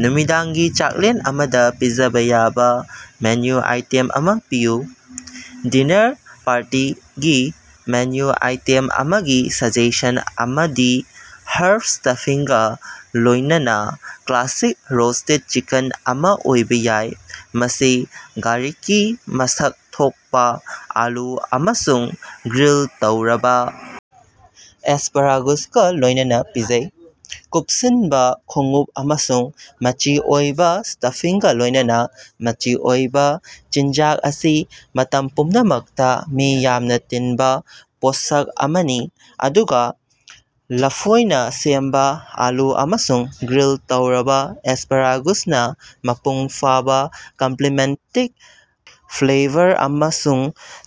ꯅꯨꯃꯤꯗꯥꯡꯒꯤ ꯆꯥꯛꯂꯦꯟ ꯑꯃꯗ ꯄꯤꯖꯕ ꯌꯥꯕꯥ ꯃꯦꯅꯨ ꯑꯥꯏꯇꯦꯝ ꯑꯃ ꯄꯤꯌꯨ꯫ ꯗꯤꯅꯔ ꯄꯥꯔꯇꯤꯒꯤ ꯃꯦꯅꯨ ꯑꯥꯏꯇꯦꯝ ꯑꯃꯒꯤ ꯁꯖꯦꯁꯟ ꯑꯃꯗꯤ ꯍꯔꯕ ꯁ꯭ꯇꯐꯁꯤꯡꯒ ꯂꯣꯏꯅꯅ ꯀ꯭ꯂꯥꯁꯤꯛ ꯔꯣꯁꯇꯦꯗ ꯆꯤꯀꯟ ꯑꯃ ꯑꯣꯏꯕ ꯌꯥꯏ, ꯃꯁꯤ ꯒꯥꯔꯤꯛꯀꯤ ꯃꯁꯛ ꯊꯣꯛꯄ ꯑꯥꯂꯨ ꯑꯃꯁꯨꯡ ꯒ꯭ꯔꯤꯜ ꯇꯧꯔꯕ ꯑꯦꯁꯄꯔꯥꯒꯨꯁꯀ ꯂꯣꯏꯅꯅ ꯄꯤꯖꯩ꯫ ꯀꯨꯞꯁꯤꯟꯕ ꯈꯣꯡꯎꯞ ꯑꯃꯁꯨꯡ ꯃꯆꯤ ꯑꯣꯏꯕ ꯁ꯭ꯇꯐꯁꯤꯡꯒ ꯂꯣꯏꯅꯅ ꯃꯆꯤ ꯑꯣꯏꯕ ꯆꯤꯟꯖꯥꯛ ꯑꯁꯤ ꯃꯇꯝ ꯄꯨꯝꯅꯃꯛꯇ ꯃꯤ ꯌꯥꯝꯅ ꯇꯤꯟꯕ ꯄꯣꯠꯁꯛ ꯑꯃꯅꯤ ꯑꯗꯨꯒ ꯂꯐꯣꯏꯅ ꯁꯦꯝꯕ ꯑꯥꯂꯨ ꯑꯃꯁꯨꯡ ꯒ꯭ꯔꯤꯜ ꯇꯧꯔꯕ ꯑꯦꯁꯄꯔꯥꯒꯨꯁꯅ ꯃꯄꯨꯡ ꯐꯥꯕ ꯀꯝꯄ꯭ꯂꯤꯃꯦꯟꯇꯤꯡ ꯐ꯭ꯂꯦꯕꯔ ꯑꯃꯁꯨꯡ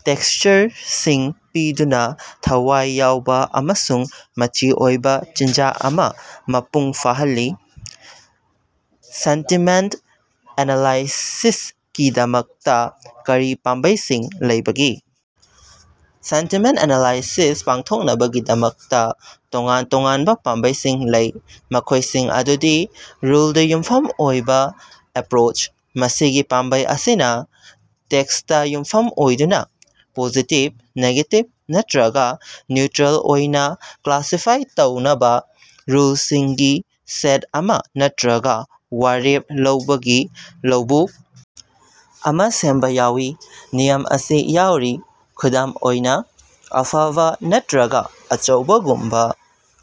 ꯇꯦꯛꯁꯆꯔꯁꯤꯡ ꯄꯤꯗꯨꯅ ꯊꯋꯥꯏ ꯌꯥꯎꯕ ꯑꯃꯁꯨꯡ ꯃꯆꯤ ꯑꯣꯏꯕ ꯆꯤꯟꯖꯥꯛ ꯑꯃ ꯃꯄꯨꯡ ꯐꯥꯍꯜꯂꯤ꯫ ꯁꯦꯟꯇꯤꯃꯦꯟꯠ ꯑꯦꯅꯥꯂꯥꯏꯁꯤꯁꯀꯤꯗꯃꯛꯇ ꯀꯔꯤ ꯄꯥꯝꯕꯩꯁꯤꯡ ꯂꯩꯕꯒꯦ? ꯁꯦꯟꯇꯤꯃꯦꯟꯠ ꯑꯦꯅꯥꯂꯥꯏꯁꯤꯁ ꯄꯥꯡꯊꯣꯛꯅꯕꯒꯤꯗꯃꯛꯇ ꯇꯣꯉꯥꯟ ꯇꯣꯉꯥꯟꯕ ꯄꯥꯝꯕꯩꯁꯤꯡ ꯂꯩ, ꯃꯈꯣꯏꯁꯤꯡ ꯑꯗꯨꯗꯤ- ꯔꯨꯜꯗ ꯌꯨꯝꯐꯝ ꯑꯣꯏꯕ ꯑꯦꯄ꯭ꯔꯣꯆ: ꯃꯁꯤꯒꯤ ꯄꯥꯝꯕꯩ ꯑꯁꯤꯅ ꯇꯦꯛꯁꯇ ꯌꯨꯝꯐꯝ ꯑꯣꯏꯗꯨꯅ ꯄꯣꯖꯤꯇꯤꯚ, ꯅꯦꯒꯦꯇꯤꯚ ꯅꯠꯇ꯭ꯔꯒ ꯅ꯭ꯌꯨꯇ꯭ꯔꯤꯜ ꯑꯣꯏꯅ ꯀ꯭ꯂꯥꯁꯤꯐꯥꯏ ꯇꯧꯅꯕ ꯔꯨꯜꯁꯤꯡꯒꯤ ꯁꯦꯠ ꯑꯃ ꯅꯠꯇ꯭ꯔꯒ ꯋꯥꯔꯦꯞ ꯂꯧꯕꯒꯤ ꯂꯧꯕꯨꯛ ꯑꯃ ꯁꯦꯝꯕ ꯌꯥꯎꯏ꯫ ꯅꯤꯌꯝ ꯑꯁꯤ ꯌꯥꯎꯔꯤ꯫ ꯈꯨꯗꯝ ꯑꯣꯏꯅ, "ꯑꯐꯕ" ꯅꯠꯇ꯭ꯔꯒ "ꯑꯆꯧꯕ"ꯒꯨꯝꯕ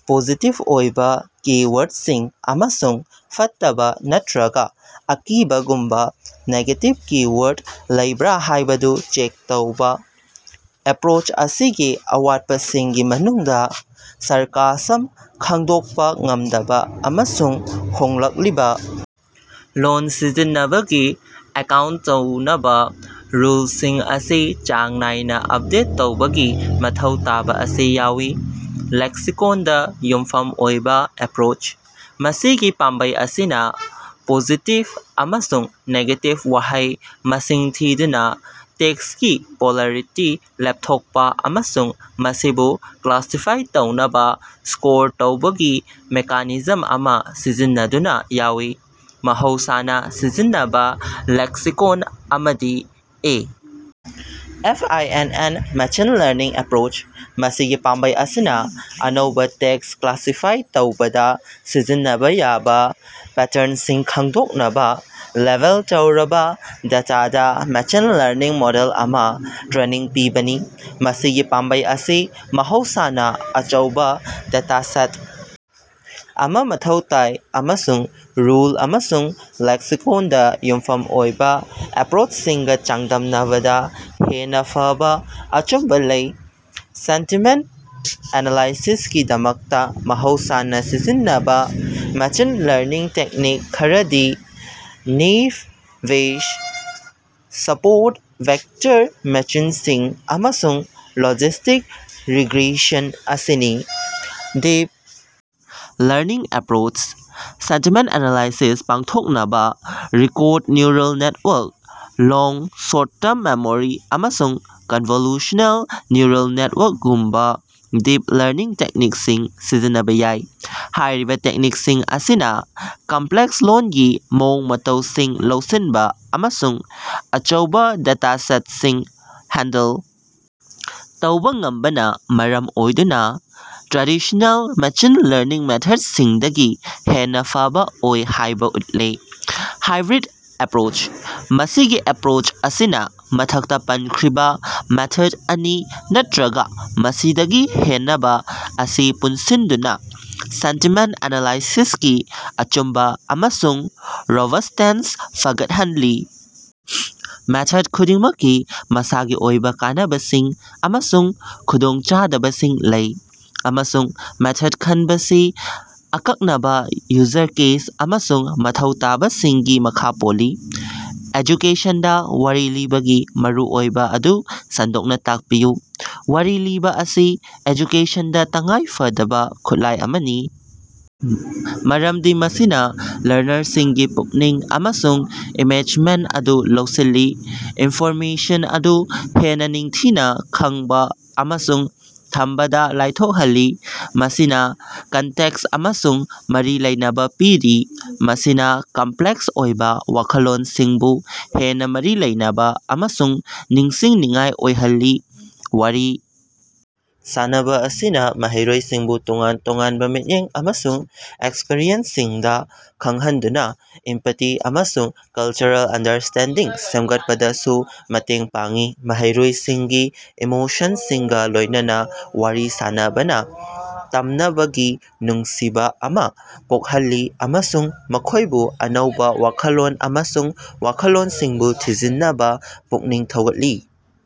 ꯄꯣꯖꯤꯇꯤꯚ ꯑꯣꯏꯕ ꯀꯤ-ꯋꯥꯔꯗꯁꯤꯡ ꯑꯃꯁꯨꯡ "ꯐꯠꯇꯕ" ꯅꯠꯇ꯭ꯔꯒ "ꯑꯀꯤꯕ"ꯒꯨꯝꯕ ꯅꯦꯒꯦꯇꯤꯚ ꯀꯤ-ꯋꯥꯔꯗꯁꯤꯡ ꯂꯩꯕ꯭ꯔ ꯍꯥꯏꯕꯗꯨ ꯆꯦꯛ ꯇꯧꯕ꯫ ꯑꯦꯄ꯭ꯔꯣꯆ ꯑꯁꯤꯒꯤ ꯑꯋꯥꯠꯄꯁꯤꯡꯒꯤ ꯃꯅꯨꯡꯗ ꯁꯥꯔꯀꯥꯁꯝ ꯈꯪꯗꯣꯛꯄ ꯉꯝꯗꯕ, ꯑꯃꯁꯨꯡ ꯍꯣꯡꯂꯛꯂꯤꯕ ꯂꯣꯜ ꯁꯤꯖꯤꯟꯅꯕꯒꯤ ꯑꯦꯀꯥꯎꯟꯠ ꯇꯧꯅꯕ ꯔꯨꯜꯁꯤꯡ ꯑꯁꯤ ꯆꯥꯡ ꯅꯥꯏꯅ ꯑꯞꯗꯦꯠ ꯇꯧꯕꯒꯤ ꯃꯊꯧ ꯇꯥꯕ ꯑꯁꯤ ꯌꯥꯎꯏ꯫ ꯂꯦꯛꯁꯤꯀꯣꯟꯗ ꯌꯨꯝꯐꯝ ꯑꯣꯏꯕ ꯑꯦꯄ꯭ꯔꯣꯆ: ꯃꯁꯤꯒꯤ ꯄꯥꯝꯕꯩ ꯑꯁꯤꯅ ꯄꯣꯖꯤꯇꯤꯚ ꯑꯃꯁꯨꯡ ꯅꯦꯒꯦꯇꯤꯚ ꯋꯥꯍꯩ ꯃꯁꯤꯡ ꯊꯤꯗꯨꯅ ꯇꯦꯛꯁꯀꯤ ꯄꯣꯂꯔꯤꯇꯤ ꯂꯦꯞꯊꯣꯛꯄ ꯑꯃꯁꯨꯡ ꯃꯁꯤꯕꯨ ꯀ꯭ꯂꯥꯁꯤꯐꯥꯏ ꯇꯧꯅꯕ ꯁ꯭ꯀꯣꯔ ꯇꯧꯕꯒꯤ ꯃꯦꯀꯥꯅꯤꯖꯝ ꯑꯃ ꯁꯤꯖꯤꯟꯅꯗꯨꯅ ꯌꯥꯎꯏ꯫ ꯃꯍꯧꯁꯥꯅ ꯁꯤꯖꯤꯟꯅꯕ ꯂꯦꯛꯁꯤꯀꯣꯟ ꯑꯃꯗꯤ A. F. I. N. N. Machine learning approach: ꯃꯁꯤꯒꯤ ꯄꯥꯝꯕꯩ ꯑꯁꯤꯅ ꯑꯅꯧꯕ ꯇꯦꯛꯁ ꯀ꯭ꯂꯥꯁꯤꯐꯥꯏ ꯇꯧꯕꯗ ꯁꯤꯖꯤꯟꯅꯕ ꯌꯥꯕ ꯄꯦꯇꯔꯟꯁꯤꯡ ꯈꯪꯗꯣꯛꯅꯕ ꯂꯦꯕꯦꯜ ꯇꯧꯔꯕ ꯗꯦꯇꯥꯗ ꯃꯦꯁꯤꯟ ꯂꯔꯅꯤꯡ ꯃꯣꯗꯦꯜ ꯑꯃ ꯇ꯭ꯔꯦꯅꯤꯡ ꯄꯤꯕꯅꯤ꯫ ꯃꯁꯤꯒꯤ ꯄꯥꯝꯕꯩ ꯑꯁꯤ ꯃꯍꯧꯁꯥꯅ ꯑꯆꯧꯕ ꯗꯦꯇꯥꯁꯦꯠ ꯑꯃ ꯃꯊꯧ ꯇꯥꯏ ꯑꯃꯁꯨꯡ ꯔꯨꯜ ꯑꯃꯁꯨꯡ ꯂꯦꯛꯁꯤꯀꯣꯟꯗ ꯌꯨꯝꯐꯝ ꯑꯣꯏꯕ ꯑꯦꯄ꯭ꯔꯣꯆꯁꯤꯡꯒ ꯆꯥꯡꯗꯝꯅꯕꯗ ꯍꯦꯟꯅ ꯐꯕ ꯑꯆꯨꯝꯕ ꯂꯩ꯫ ꯁꯦꯟꯇꯤꯃꯦꯟꯠ ꯑꯦꯅꯥꯂꯥꯏꯁꯤꯁꯀꯤꯗꯃꯛꯇ ꯃꯍꯧꯁꯥꯅ ꯁꯤꯖꯤꯟꯅꯕ ꯃꯦꯁꯤꯟ ꯂꯔꯅꯤꯡ ꯇꯦꯛꯅꯤꯛ ꯈꯔꯗꯤ ꯅꯦꯏꯕ ꯕꯦꯌꯦꯁ, ꯁꯄꯣꯔꯠ ꯚꯦꯛꯇꯔ ꯃꯦꯁꯤꯟꯁꯤꯡ, ꯑꯃꯁꯨꯡ ꯂꯣꯖꯤꯁꯇꯤꯛ ꯔꯤꯒ꯭ꯔꯦꯁꯟ ꯑꯁꯤꯅꯤ꯫ Deep learning approach: sentiment analysis ꯄꯥꯡꯊꯣꯛꯅꯕ ꯔꯤꯀꯣꯔꯗ neural network, long short term memory ꯑꯃꯁꯨꯡ ꯀꯟꯚꯣꯂꯨꯁꯅꯦꯜ ꯅ꯭ꯌꯨꯔꯜ ꯅꯦꯠꯋꯥꯔꯛ ꯒꯨꯝꯕ ꯗꯤꯞ ꯂꯔꯅꯤꯡ ꯇꯦꯛꯅꯤꯛꯁꯤꯡ ꯁꯤꯖꯤꯟꯅꯕ ꯌꯥꯏ꯫ ꯍꯥꯏꯔꯤꯕ ꯇꯦꯛꯅꯤꯛꯁꯤꯡ ꯑꯁꯤꯅ ꯀꯝꯄ꯭ꯂꯦꯛꯁ ꯂꯣꯜꯒꯤ ꯃꯑꯣꯡ ꯃꯇꯧꯁꯤꯡ ꯂꯧꯁꯤꯟꯕ ꯑꯃꯁꯨꯡ ꯑꯆꯧꯕ ꯗꯦꯇꯥꯁꯦꯠꯁꯤꯡ ꯍꯦꯟꯗꯜ ꯇꯧꯕ ꯉꯝꯕꯅ ꯃꯔꯝ ꯑꯣꯏꯗꯨꯅ ꯇ꯭ꯔꯦꯗꯤꯁꯅꯦꯜ ꯃꯦꯁꯤꯟ ꯂꯔꯅꯤꯡ ꯃꯦꯊꯗꯁꯤꯡꯗꯒꯤ ꯍꯦꯟꯅ ꯐꯕ ꯑꯣꯏ ꯍꯥꯏꯕ ꯎꯠꯂꯦ꯫ ꯍꯥꯏꯕ꯭ꯔꯤꯗ ꯑꯦꯄ꯭ꯔꯣꯆ: ꯃꯁꯤꯒꯤ ꯑꯦꯄ꯭ꯔꯣꯆ ꯑꯁꯤꯅ ꯃꯊꯛꯇ ꯄꯟꯈ꯭ꯔꯤꯕ ꯃꯦꯊꯗ ꯑꯅꯤ ꯅꯠꯇ꯭ꯔꯒ ꯃꯁꯤꯗꯒꯤ ꯍꯦꯟꯅꯕ ꯑꯁꯤ ꯄꯨꯟꯁꯤꯟꯗꯨꯅ ꯁꯦꯟꯇꯤꯃꯦꯟꯠ ꯑꯦꯅꯥꯂꯥꯏꯁꯤꯁꯀꯤ ꯑꯆꯨꯝꯕ ꯑꯃꯁꯨꯡ ꯔꯣꯕꯁꯇꯦꯟꯁ ꯐꯒꯠꯍꯜꯂꯤ꯫ ꯃꯦꯊꯗ ꯈꯨꯗꯤꯡꯃꯛꯀꯤ ꯃꯁꯥꯒꯤ ꯑꯣꯏꯕ ꯀꯥꯟꯅꯕꯁꯤꯡ ꯑꯃꯁꯨꯡ ꯈꯨꯗꯣꯡꯆꯥꯗꯕꯁꯤꯡ ꯂꯩ, ꯑꯃꯁꯨꯡ ꯃꯦꯊꯗ ꯈꯟꯕꯁꯤ ꯑꯀꯛꯅꯕ ꯌꯨꯖꯔ ꯀꯦꯁ ꯑꯃꯁꯨꯡ ꯃꯊꯧ ꯇꯥꯕꯁꯤꯡꯒꯤ ꯃꯈꯥ ꯄꯣꯜꯂꯤ꯫ ꯑꯦꯖꯨꯀꯦꯁꯟꯗ ꯋꯥꯔꯤ ꯂꯤꯕꯒꯤ ꯃꯔꯨꯑꯣꯏꯕ ꯑꯗꯨ ꯁꯟꯗꯣꯛꯅ ꯇꯥꯛꯄꯤꯌꯨ꯫ ꯋꯥꯔꯤ ꯂꯤꯕ ꯑꯁꯤ ꯑꯦꯖꯨꯀꯦꯁꯟꯗ ꯇꯉꯥꯏꯐꯗꯕ ꯈꯨꯠꯂꯥꯏ ꯑꯃꯅꯤ ꯃꯔꯝꯗꯤ ꯃꯁꯤꯅ ꯂꯔꯅꯔꯁꯤꯡꯒꯤ ꯄꯨꯛꯅꯤꯡ ꯑꯃꯁꯨꯡ ꯏꯃꯦꯖꯃꯦꯟꯠ ꯑꯗꯨ ꯂꯧꯁꯤꯜꯂꯤ, ꯏꯟꯐꯣꯔꯃꯦꯁꯟ ꯑꯗꯨ ꯍꯦꯟꯅ ꯅꯤꯡꯊꯤꯅ ꯈꯪꯕ ꯑꯃꯁꯨꯡ ꯊꯝꯕꯗ ꯂꯥꯏꯊꯣꯛꯍꯜꯂꯤ꯫ ꯃꯁꯤꯅ ꯀꯟꯇꯦꯛꯁ ꯑꯃꯁꯨꯡ ꯃꯔꯤ ꯂꯩꯅꯕ ꯄꯤꯔꯤ, ꯃꯁꯤꯅ ꯀꯝꯄ꯭ꯂꯦꯛꯁ ꯑꯣꯏꯕ ꯋꯥꯈꯜꯂꯣꯟꯁꯤꯡꯕꯨ ꯍꯦꯟꯅ ꯃꯔꯤ ꯂꯩꯅꯕ ꯑꯃꯁꯨꯡ ꯅꯤꯡꯁꯤꯡꯅꯤꯡꯉꯥꯏ ꯑꯣꯏꯍꯜꯂꯤ꯫ ꯋꯥꯔꯤ ꯁꯥꯅꯕ ꯑꯁꯤꯅ ꯃꯍꯩꯔꯣꯏꯁꯤꯡꯕꯨ ꯇꯣꯉꯥꯟ ꯇꯣꯉꯥꯟꯕ ꯃꯤꯠꯌꯦꯡ ꯑꯃꯁꯨꯡ ꯑꯦꯛꯁꯄꯔꯤꯌꯦꯟꯁꯁꯤꯡꯗ ꯈꯪꯍꯟꯗꯨꯅ ꯏꯝꯄꯇꯤ ꯑꯃꯁꯨꯡ ꯀꯜꯆꯔꯦꯜ ꯑꯟꯗꯔꯁꯇꯦꯟꯗꯤꯡ ꯁꯦꯝꯒꯠꯄꯗꯁꯨ ꯃꯇꯦꯡ ꯄꯥꯡꯏ꯫ ꯃꯍꯩꯔꯣꯏꯁꯤꯡꯒꯤ ꯏꯃꯣꯁꯟꯁꯤꯡꯒ ꯂꯣꯏꯅꯅ ꯋꯥꯔꯤ ꯁꯥꯅꯕꯅ ꯇꯝꯅꯕꯒꯤ ꯅꯨꯡꯁꯤꯕ ꯑꯃ ꯄꯣꯛꯍꯜꯂꯤ ꯑꯃꯁꯨꯡ ꯃꯈꯣꯏꯕꯨ ꯑꯅꯧꯕ ꯋꯥꯈꯜꯂꯣꯟ ꯑꯃꯁꯨꯡ ꯋꯥꯈꯜꯂꯣꯟꯁꯤꯡ ꯊꯤꯖꯤꯟꯅꯕ ꯄꯨꯛꯅꯤꯡ ꯊꯧꯒꯠꯂꯤ